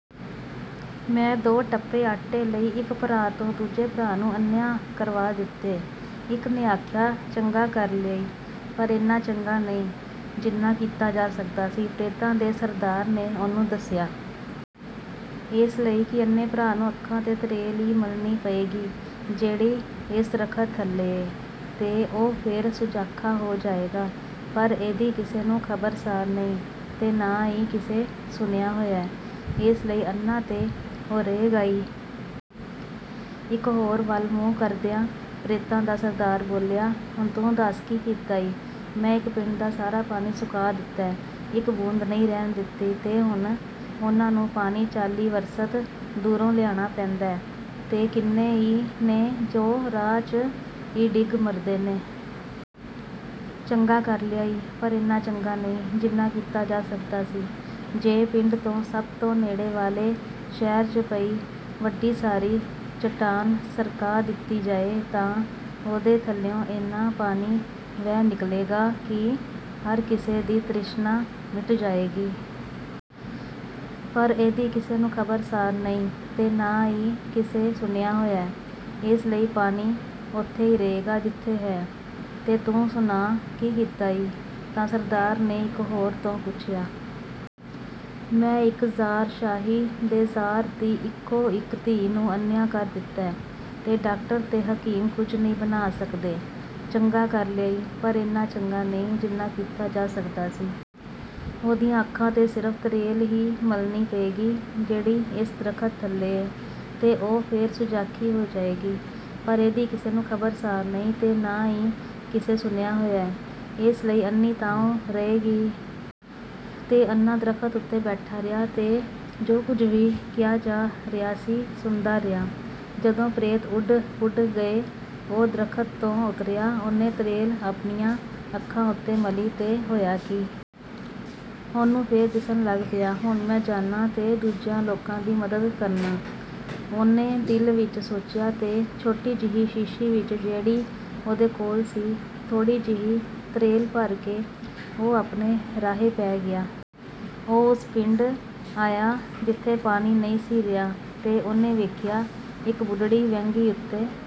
“ਮੈਂ ਦੋ ਟੋਪੇ ਆਟੇ ਲਈ ਇੱਕ ਭਰਾ ਤੋਂ ਦੂਜੇ ਭਰਾ ਨੂੰ ਅੰਨ੍ਹਿਆਂ ਕਰਵਾ ਦਿੱਤੈ,” ਇੱਕ ਨੇ ਆਖਿਆ। “ਚੰਗਾ ਕਰ ਲਿਆ ਈ, ਪਰ ਏਨਾ ਚੰਗਾ ਨਹੀਂ, ਜਿੰਨਾ ਕੀਤਾ ਜਾ ਸਕਦਾ ਸੀ,” ਪ੍ਰੇਤਾਂ ਦੇ ਸਰਦਾਰ ਨੇ ਉਹਨੂੰ ਦੱਸਿਆ। “ਏਸ ਲਈ ਕਿ ਅੰਨ੍ਹੇ ਭਰਾ ਨੂੰ ਅੱਖਾਂ ’ਤੇ ਤਰੇਲ ਈ ਮਲਣੀ ਪਏਗੀ, ਜਿਹੜੀ ਏਸ ਦਰਖ਼ਤ ਥੱਲੇ ਏ, ਤੇ ਉਹ ਫੇਰ ਸੁਜਾਖਾ ਹੋ ਜਾਏਗਾ। ਪਰ ਇਹਦੀ ਕਿਸੇ ਨੂੰ ਖ਼ਬਰ-ਸਾਰ ਨਹੀਂ, ਤੇ ਨਾ ਈ ਕਿਸੇ ਸੁਣਿਆ ਹੋਇਐ, ਏਸ ਲਈ ਅੰਨ੍ਹਾ ਤੇ ਉਹ ਰਹੇਗਾ ਈ।” ਇੱਕ ਹੋਰ ਵੱਲ ਮੂੰਹ ਕਰਦਿਆਂ ਪ੍ਰੇਤਾਂ ਦਾ ਸਰਦਾਰ ਬੋਲਿਆ: “ਹੁਣ ਤੂੰ ਦੱਸ, ਕੀ ਕੀਤਾ ਈ?" "ਮੈਂ ਇੱਕ ਪਿੰਡ ਦਾ ਸਾਰਾ ਪਾਣੀ ਸੁਕਾ ਦਿੱਤੈ, ਇੱਕ ਬੂੰਦ ਨਹੀਂ ਰਹਿਣ ਦਿੱਤੀ, ਤੇ ਹੁਣ ਉਹਨਾਂ ਨੂੰ ਪਾਣੀ ਚਾਲੀ ਵਰਸਤ ਦੂਰੋਂ ਲਿਆਣਾ ਪੈਂਦੈ, ਤੇ ਕਿੰਨੇ ਈ ਨੇ ਜੋ ਰਾਹ ’ਚ ਈ ਡਿਗ ਮਰਦੇ ਨੇ।” “ਚੰਗਾ ਕਰ ਲਿਆ ਈ, ਪਰ ਏਨਾ ਚੰਗਾ ਨਹੀਂ, ਜਿੰਨਾ ਕੀਤਾ ਜਾ ਸਕਦਾ ਸੀ।” “ਜੇ ਪਿੰਡ ਤੋਂ ਸਭ ਤੋਂ ਨੇੜੇ ਵਾਲੇ ਸ਼ਹਿਰ ’ਚ ਪਈ ਵੱਡੀ ਸਾਰੀ ਚਟਾਨ ਸਰਕਾ ਦਿੱਤੀ ਜਾਏ, ਤਾਂ ਉਹਦੇ ਥੱਲਿਉਂ ਏਨਾ ਪਾਣੀ ਵਹਿ ਨਿਕਲੇਗਾ ਕਿ ਹਰ ਕਿਸੇ ਦੀ ਤ੍ਰਿਸ਼ਨਾ ਮਿਟ ਜਾਏਗੀ।” “ਪਰ ਇਹਦੀ ਕਿਸੇ ਨੂੰ ਖ਼ਬਰ-ਸਾਰ ਨਹੀਂ, ਤੇ ਨਾ ਈ ਕਿਸੇ ਸੁਣਿਆ ਹੋਇਐ, ਏਸ ਲਈ ਪਾਣੀ ਓਥੇ ਈ ਰਹੇਗਾ, ਜਿਥੇ ਹੈ।” “ਤੇ ਤੂੰ ਸੁਣਾ, ਕੀ ਕੀਤਾ ਈ?” ਤਾਂ ਸਰਦਾਰ ਨੇ ਇਕ ਹੋਰ ਤੋਂ ਪੁੱਛਿਆ। “ਮੈਂ ਇੱਕ ਜ਼ਾਰਸ਼ਾਹੀ ਦੇ ਜ਼ਾਰ ਦੀ ਇਕੋ-ਇੱਕ ਧੀ ਨੂੰ ਅੰਨ੍ਹਿਆਂ ਕਰ ਦਿੱਤੈ, ਤੇ ਡਾਕਟਰ ਤੇ ਹਕੀਮ ਕੁਝ ਨਹੀਂ ਬਣਾ ਸਕਦੇ।” “ਚੰਗਾ ਕਰ ਲਿਆ ਈ, ਪਰ ਏਨਾ ਚੰਗਾ ਨਹੀਂ, ਜਿੰਨਾ ਕੀਤਾ ਜਾ ਸਕਦਾ ਸੀ।" “ਉਹਦੀਆਂ ਅੱਖਾਂ ’ਤੇ ਸਿਰਫ਼ ਤਰੇਲ ਈ ਮਲਣੀ ਪਏਗੀ, ਜਿਹੜੀ ਏਸ ਦਰਖ਼ਤ ਥੱਲੇ ਏ, ਤੇ ਉਹ ਫੇਰ ਸੁਜਾਖੀ ਹੋ ਜਾਏਗੀ।" “ਪਰ ਇਹਦੀ ਕਿਸੇ ਨੂੰ ਖ਼ਬਰ-ਸਾਰ ਨਹੀਂ, ਤੇ ਨਾ ਈ ਕਿਸੇ ਸੁਣਿਆ ਹੋਇਐ, ਏਸ ਲਈ ਅੰਨ੍ਹੀ ਤਾਂ ਉਹ ਰਹੇਗੀ ਈ।” ਤੇ ਅੰਨ੍ਹਾ ਦਰਖ਼ਤ ਉਤੇ ਬੈਠਾ ਰਿਹਾ ਤੇ ਜੁ ਕੁਝ ਵੀ ਕਿਹਾ ਜਾ ਰਿਹਾ ਸੀ, ਸੁਣਦਾ ਰਿਹਾ। ਜਦੋਂ ਪ੍ਰੇਤ ਉਡ-ਪੁਡ ਗਏ, ਉਹ ਦਰਖ਼ਤ ਤੋਂ ਉਤਰਿਆ, ਉਹਨੇ ਤਰੇਲ ਆਪਣੀਆਂ ਅੱਖਾਂ ਉਤੇ ਮਲੀ ਤੇ ਹੋਇਆ ਕੀ! ਉਹਨੂੰ ਫੇਰ ਦਿੱਸਣ ਲੱਗ ਪਿਆ। “ਹੁਣ ਮੈਂ ਜਾਨਾਂ ਤੇ ਦੂਜਿਆਂ ਲੋਕਾਂ ਦੀ ਮਦਦ ਕਰਨਾਂ,” ਉਹਨੇ ਦਿਲ ਵਿੱਚ ਸੋਚਿਆ। ਤੇ ਛੋਟੀ ਜਿਹੀ ਸ਼ੀਸ਼ੀ ਵਿੱਚ, ਜਿਹੜੀ ਉਹਦੇ ਕੋਲ ਸੀ, ਥੋੜ੍ਹੀ ਜਿਹੀ ਤਰੇਲ ਭਰ ਕੇ ਉਹ ਆਪਣੇ ਰਾਹੇ ਪੈ ਗਿਆ। ਉਹ ਓਸ ਪਿੰਡ ਆਇਆ, ਜਿਥੇ ਪਾਣੀ ਨਹੀਂ ਸੀ ਰਿਹਾ, ਤੇ ਉਹਨੇ ਵੇਖਿਆ, ਇੱਕ ਬੁਢੜੀ ਵਹਿੰਗੀ ਉਤੇ